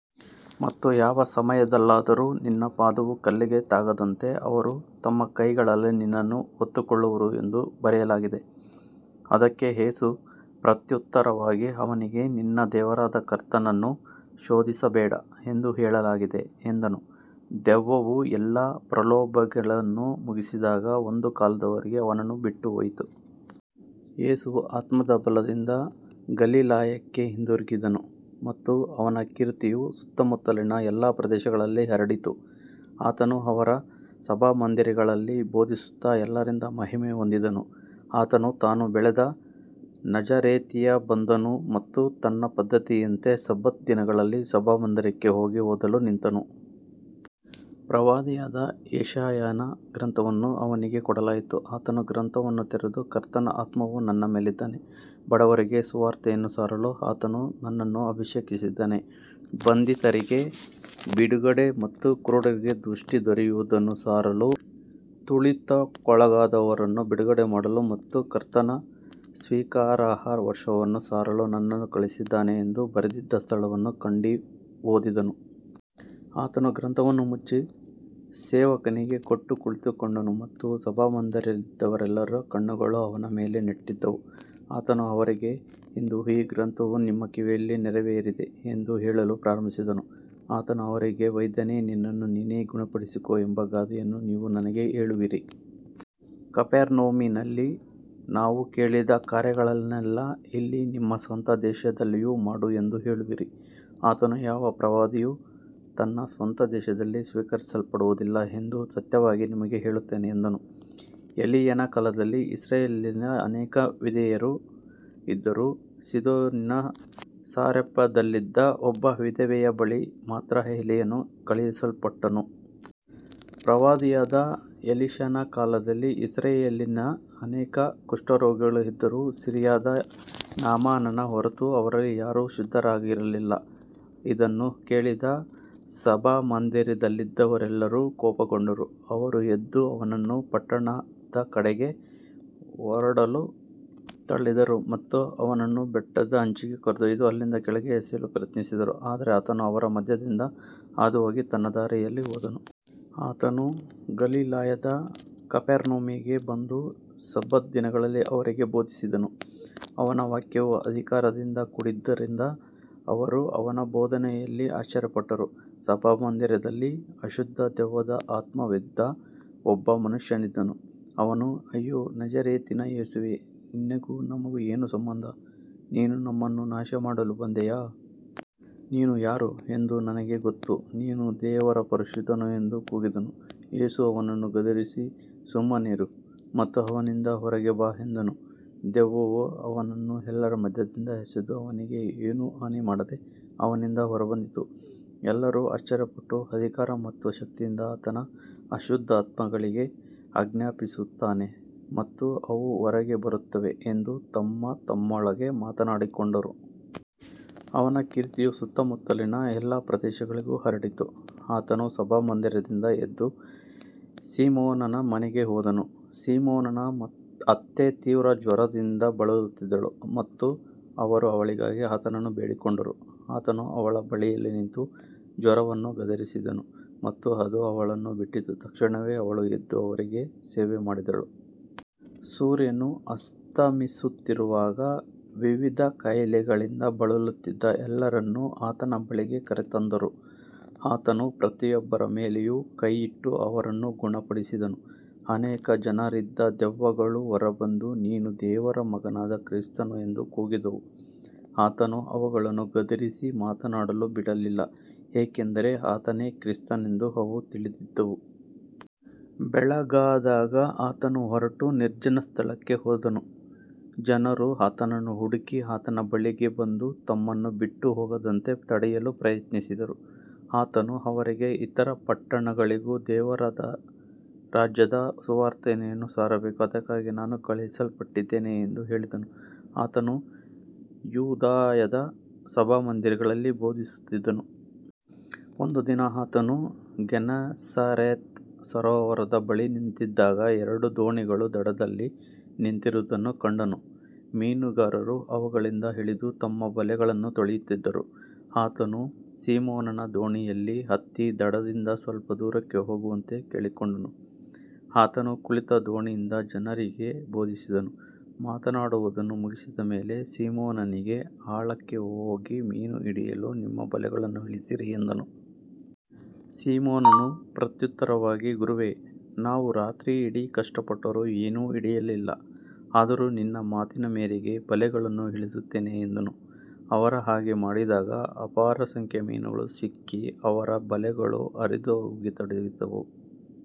ಮತ್ತು ಯಾವ ಸಮಯದಲ್ಲಾದರೂ ನಿನ್ನ ಪಾದವು ಕಲ್ಲಿಗೆ ತಾಗದಂತೆ ಅವರು ತಮ್ಮ ಕೈಗಳಲ್ಲಿ ನಿನ್ನನ್ನು ಹೊತ್ತುಕೊಳ್ಳುವರು ಎಂದು ಬರೆಯಲಾಗಿದೆ. ಅದಕ್ಕೆ ಯೇಸು ಪ್ರತ್ಯುತ್ತರವಾಗಿ ಅವನಿಗೆ, ನಿನ್ನ ದೇವರಾದ ಕರ್ತನನ್ನು ಶೋಧಿಸಬೇಡ ಎಂದು ಹೇಳಲಾಗಿದೆ ಎಂದನು. ದೆವ್ವವು ಎಲ್ಲಾ ಪ್ರಲೋಭನೆಗಳನ್ನು ಮುಗಿಸಿದಾಗ ಒಂದು ಕಾಲದವರೆಗೆ ಅವನನ್ನು ಬಿಟ್ಟುಹೋಯಿತು. ಯೇಸು ಆತ್ಮದ ಬಲದಿಂದ ಗಲಿಲಾಯಕ್ಕೆ ಹಿಂದಿರುಗಿದನು ಮತ್ತು ಅವನ ಕೀರ್ತಿಯು ಸುತ್ತಮುತ್ತಲಿನ ಎಲ್ಲಾ ಪ್ರದೇಶಗಳಲ್ಲಿ ಹರಡಿತು. ಆತನು ಅವರ ಸಭಾಮಂದಿರಗಳಲ್ಲಿ ಬೋಧಿಸುತ್ತಾ ಎಲ್ಲರಿಂದ ಮಹಿಮೆ ಹೊಂದಿದನು. ಆತನು ತಾನು ಬೆಳೆದ ನಜರೇತಿಗೆ ಬಂದನು ಮತ್ತು ತನ್ನ ಪದ್ಧತಿಯಂತೆ ಸಬ್ಬತ್ ದಿನದಲ್ಲಿ ಸಭಾಮಂದಿರಕ್ಕೆ ಹೋಗಿ ಓದಲು ನಿಂತನು. ಪ್ರವಾದಿಯಾದ ಯೆಶಾಯನ ಗ್ರಂಥವನ್ನು ಅವನಿಗೆ ಕೊಡಲಾಯಿತು. ಆತನು ಗ್ರಂಥವನ್ನು ತೆರೆದು, ಕರ್ತನ ಆತ್ಮವು ನನ್ನ ಮೇಲಿದ್ದಾನೆ, ಬಡವರಿಗೆ ಸುವಾರ್ತೆಯನ್ನು ಸಾರಲು ಆತನು ನನ್ನನ್ನು ಅಭಿಷೇಕಿಸಿದ್ದಾನೆ, ಬಂಧಿತರಿಗೆ ಬಿಡುಗಡೆ ಮತ್ತು ಕುರುಡರಿಗೆ ದೃಷ್ಟಿ ದೊರೆಯುವುದನ್ನು ಸಾರಲು, ತುಳಿತಕ್ಕೊಳಗಾದವರನ್ನು ಬಿಡುಗಡೆಮಾಡಲು ಮತ್ತು ಕರ್ತನ ಸ್ವೀಕಾರಾರ್ಹ ವರ್ಷವನ್ನು ಸಾರಲು ನನ್ನನ್ನು ಕಳುಹಿಸಿದ್ದಾನೆ ಎಂದು ಬರೆದಿದ್ದ ಸ್ಥಳವನ್ನು ಕಂಡು ಓದಿದನು. ಆತನು ಗ್ರಂಥವನ್ನು ಮುಚ್ಚಿ ಸೇವಕನಿಗೆ ಕೊಟ್ಟು ಕುಳಿತುಕೊಂಡನು ಮತ್ತು ಸಭಾಮಂದಿರದಲ್ಲಿದ್ದವರೆಲ್ಲರ ಕಣ್ಣುಗಳು ಅವನ ಮೇಲೆ ನೆಟ್ಟಿದ್ದವು. ಆತನು ಅವರಿಗೆ, ಇಂದು ಈ ಗ್ರಂಥವು ನಿಮ್ಮ ಕಿವಿಯಲ್ಲಿ ನೆರವೇರಿದೆ ಎಂದು ಹೇಳಲು ಪ್ರಾರಂಭಿಸಿದನು. ಆತನು ಅವರಿಗೆ, ವೈದ್ಯನೇ, ನಿನ್ನನ್ನು ನೀನೇ ಗುಣಪಡಿಸಿಕೋ ಎಂಬ ಗಾದೆಯನ್ನು ನೀವು ನನಗೆ ಹೇಳುವಿರಿ. ಕಪೆರ್ನೌಮಿನಲ್ಲಿ ನಾವು ಕೇಳಿದ ಕಾರ್ಯಗಳನ್ನೆಲ್ಲ ಇಲ್ಲಿ ನಿನ್ನ ಸ್ವಂತ ದೇಶದಲ್ಲಿಯೂ ಮಾಡು ಎಂದು ಹೇಳುವಿರಿ. ಆತನು, ಯಾವ ಪ್ರವಾದಿಯೂ ತನ್ನ ಸ್ವಂತ ದೇಶದಲ್ಲಿ ಸ್ವೀಕರಿಸಲ್ಪಡುವುದಿಲ್ಲ ಎಂದು ಸತ್ಯವಾಗಿ ನಿಮಗೆ ಹೇಳುತ್ತೇನೆ ಎಂದನು. ಎಲೀಯನ ಕಾಲದಲ್ಲಿ ಇಸ್ರಾಯೇಲಿನಲ್ಲಿ ಅನೇಕ ವಿಧವೆಯರು ಇದ್ದರೂ ಸೀದೋನಿನ ಸಾರೆಪ್ತದಲ್ಲಿದ್ದ ಒಬ್ಬ ವಿಧವೆಯ ಬಳಿಗೆ ಮಾತ್ರ ಎಲೀಯನು ಕಳುಹಿಸಲ್ಪಟ್ಟನು. ಪ್ರವಾದಿಯಾದ ಎಲಿಷನ ಕಾಲದಲ್ಲಿ ಇಸ್ರಾಯೇಲಿನಲ್ಲಿ ಅನೇಕ ಕುಷ್ಠರೋಗಿಗಳು ಇದ್ದರೂ ಸಿರಿಯಾದ ನಾಮಾನನ ಹೊರತು ಅವರಲ್ಲಿ ಯಾರೂ ಶುದ್ಧರಾಗಲಿಲ್ಲ. ಇದನ್ನು ಕೇಳಿದ ಸಭಾಮಂದಿರದಲ್ಲಿದ್ದವರೆಲ್ಲರೂ ಕೋಪಗೊಂಡರು. ಅವರು ಎದ್ದು ಅವನನ್ನು ಪಟ್ಟಣದ ಹೊರಗೆ ತಳ್ಳಿದರು ಮತ್ತು ಅವನನ್ನು ಬೆಟ್ಟದ ಅಂಚಿಗೆ ಕರೆದೊಯ್ದು ಅಲ್ಲಿಂದ ಕೆಳಗೆ ಎಸೆಯಲು ಪ್ರಯತ್ನಿಸಿದರು. ಆದರೆ ಆತನು ಅವರ ಮಧ್ಯದಿಂದ ಹಾದುಹೋಗಿ ತನ್ನ ದಾರಿಯಲ್ಲಿ ಹೋದನು. ಆತನು ಗಲಿಲಾಯದ ಕಪೆರ್ನೌಮಿಗೆ ಬಂದು ಸಬ್ಬತ್ ದಿನಗಳಲ್ಲಿ ಅವರಿಗೆ ಬೋಧಿಸಿದನು. ಅವನ ವಾಕ್ಯವು ಅಧಿಕಾರದಿಂದ ಕೂಡಿದ್ದುದರಿಂದ ಅವರು ಅವನ ಬೋಧನೆಯಲ್ಲಿ ಆಶ್ಚರ್ಯಪಟ್ಟರು. ಸಭಾಮಂದಿರದಲ್ಲಿ ಅಶುದ್ಧ ದೆವ್ವದ ಆತ್ಮವಿದ್ದ ಒಬ್ಬ ಮನುಷ್ಯನಿದ್ದನು. ಅವನು, ಅಯ್ಯೋ, ನಜರೇತಿನ ಯೇಸುವೇ, ನಿನಗೂ ನಮಗೂ ಏನು ಸಂಬಂಧ. ನೀನು ನಮ್ಮನ್ನು ನಾಶಮಾಡಲು ಬಂದೆಯಾ. ನೀನು ಯಾರು ಎಂದು ನನಗೆ ಗೊತ್ತು, ನೀನು ದೇವರ ಪರಿಶುದ್ಧನು ಎಂದು ಕೂಗಿದನು. ಯೇಸು ಅವನನ್ನು ಗದರಿಸಿ, ಸುಮ್ಮನಿರು ಮತ್ತು ಅವನಿಂದ ಹೊರಗೆ ಬಾ ಎಂದನು. ದೆವ್ವವು ಅವನನ್ನು ಎಲ್ಲರ ಮಧ್ಯದಲ್ಲಿ ಎಸೆದು ಅವನಿಗೆ ಏನೂ ಹಾನಿಮಾಡದೆ ಅವನಿಂದ ಹೊರಬಂದಿತು. ಎಲ್ಲರೂ ಆಶ್ಚರ್ಯಪಟ್ಟು, ಅಧಿಕಾರ ಮತ್ತು ಶಕ್ತಿಯಿಂದ ಆತನು ಅಶುದ್ಧಾತ್ಮಗಳಿಗೆ ಆಜ್ಞಾಪಿಸುತ್ತಾನೆ ಮತ್ತು ಅವು ಹೊರಗೆ ಬರುತ್ತವೆ ಎಂದು ತಮ್ಮತಮ್ಮೊಳಗೆ ಮಾತನಾಡಿಕೊಂಡರು. ಅವನ ಕೀರ್ತಿಯು ಸುತ್ತಮುತ್ತಲಿನ ಎಲ್ಲಾ ಪ್ರದೇಶಗಳಿಗೆ ಹರಡಿತು. ಆತನು ಸಭಾಮಂದಿರದಿಂದ ಎದ್ದು ಸೀಮೋನನ ಮನೆಗೆ ಹೋದನು. ಸೀಮೋನನ ಅತ್ತೆ ತೀವ್ರ ಜ್ವರದಿಂದ ಬಳಲುತ್ತಿದ್ದಳು ಮತ್ತು ಅವರು ಅವಳಿಗಾಗಿ ಆತನನ್ನು ಬೇಡಿಕೊಂಡರು. ಆತನು ಅವಳ ಬಳಿಯಲ್ಲಿ ನಿಂತು ಜ್ವರವನ್ನು ಗದರಿಸಿದನು ಮತ್ತು ಅದು ಅವಳನ್ನು ಬಿಟ್ಟಿತು. ತಕ್ಷಣವೇ ಅವಳು ಎದ್ದು ಅವರಿಗೆ ಸೇವೆಮಾಡಿದಳು. ಸೂರ್ಯನು ಅಸ್ತಮಿಸುತ್ತಿರುವಾಗ ವಿವಿಧ ಕಾಯಿಲೆಗಳಿಂದ ಬಳಲುತ್ತಿದ್ದ ಎಲ್ಲರನ್ನು ಆತನ ಬಳಿಗೆ ಕರೆತಂದರು. ಆತನು ಪ್ರತಿಯೊಬ್ಬರ ಮೇಲೆಯೂ ಕೈಯಿಟ್ಟು ಅವರನ್ನು ಗುಣಪಡಿಸಿದನು. ಅನೇಕ ಜನರಿಂದ ದೆವ್ವಗಳು ಹೊರಬಂದು, ನೀನು ದೇವರ ಮಗನಾದ ಕ್ರಿಸ್ತನು ಎಂದು ಕೂಗಿದವು. ಆತನು ಅವುಗಳನ್ನು ಗದರಿಸಿ ಮಾತನಾಡಲು ಬಿಡಲಿಲ್ಲ, ಏಕೆಂದರೆ ಆತನೇ ಕ್ರಿಸ್ತನೆಂದು ಅವು ತಿಳಿದಿದ್ದವು. ಬೆಳಗಾದಾಗ ಆತನು ಹೊರಟು ನಿರ್ಜನ ಸ್ಥಳಕ್ಕೆ ಹೋದನು. ಜನರು ಆತನನ್ನು ಹುಡುಕಿ ಆತನ ಬಳಿಗೆ ಬಂದು, ತಮ್ಮನ್ನು ಬಿಟ್ಟುಹೋಗದಂತೆ ತಡೆಯಲು ಪ್ರಯತ್ನಿಸಿದರು. ಆತನು ಅವರಿಗೆ, ಇತರ ಪಟ್ಟಣಗಳಿಗೂ ದೇವರ ರಾಜ್ಯದ ಸುವಾರ್ತೆಯನ್ನು ಸಾರಬೇಕು. ಅದಕ್ಕಾಗಿ ನಾನು ಕಳುಹಿಸಲ್ಪಟ್ಟಿದ್ದೇನೆ ಎಂದು ಹೇಳಿದನು. ಆತನು ಯೂದಾಯದ ಸಭಾಮಂದಿರಗಳಲ್ಲಿ ಬೋಧಿಸುತ್ತಿದ್ದನು. ಒಂದು ದಿನ ಆತನು ಗೆನೆಸರೇತ್ ಸರೋವರದ ಬಳಿ ನಿಂತಿದ್ದಾಗ ಎರಡು ದೋಣಿಗಳು ದಡದಲ್ಲಿ ನಿಂತಿರುವುದನ್ನು ಕಂಡನು. ಮೀನುಗಾರರು ಅವುಗಳಿಂದ ಇಳಿದು ತಮ್ಮ ಬಲೆಗಳನ್ನು ತೊಳೆಯುತ್ತಿದ್ದರು. ಆತನು ಸೀಮೋನನ ದೋಣಿಯಲ್ಲಿ ಹತ್ತಿ ದಡದಿಂದ ಸ್ವಲ್ಪ ದೂರಕ್ಕೆ ಹೋಗುವಂತೆ ಕೇಳಿಕೊಂಡನು. ಆತನು ಕುಳಿತು ದೋಣಿಯಿಂದ ಜನರಿಗೆ ಬೋಧಿಸಿದನು. ಮಾತನಾಡುವುದನ್ನು ಮುಗಿಸಿದ ಮೇಲೆ ಸೀಮೋನನಿಗೆ, ಆಳಕ್ಕೆ ಹೋಗಿ ಮೀನು ಹಿಡಿಯಲು ನಿಮ್ಮ ಬಲೆಗಳನ್ನು ಇಳಿಸಿರಿ ಎಂದನು. ಸೀಮೋನನು ಪ್ರತ್ಯುತ್ತರವಾಗಿ, ಗುರುವೇ, ನಾವು ರಾತ್ರಿಯಿಡೀ ಕಷ್ಟಪಟ್ಟರೂ ಏನೂ ಹಿಡಿಯಲಿಲ್ಲ. ಆದರೂ ನಿನ್ನ ಮಾತಿನ ಮೇರೆಗೆ ಬಲೆಗಳನ್ನು ಇಳಿಸುತ್ತೇನೆ ಎಂದನು. ಅವರು ಹಾಗೆ ಮಾಡಿದಾಗ ಅಪಾರ ಸಂಖ್ಯೆಯ ಮೀನುಗಳು ಸಿಕ್ಕಿ ಅವರ ಬಲೆಗಳು ಹರಿಯತೊಡಗಿದವು.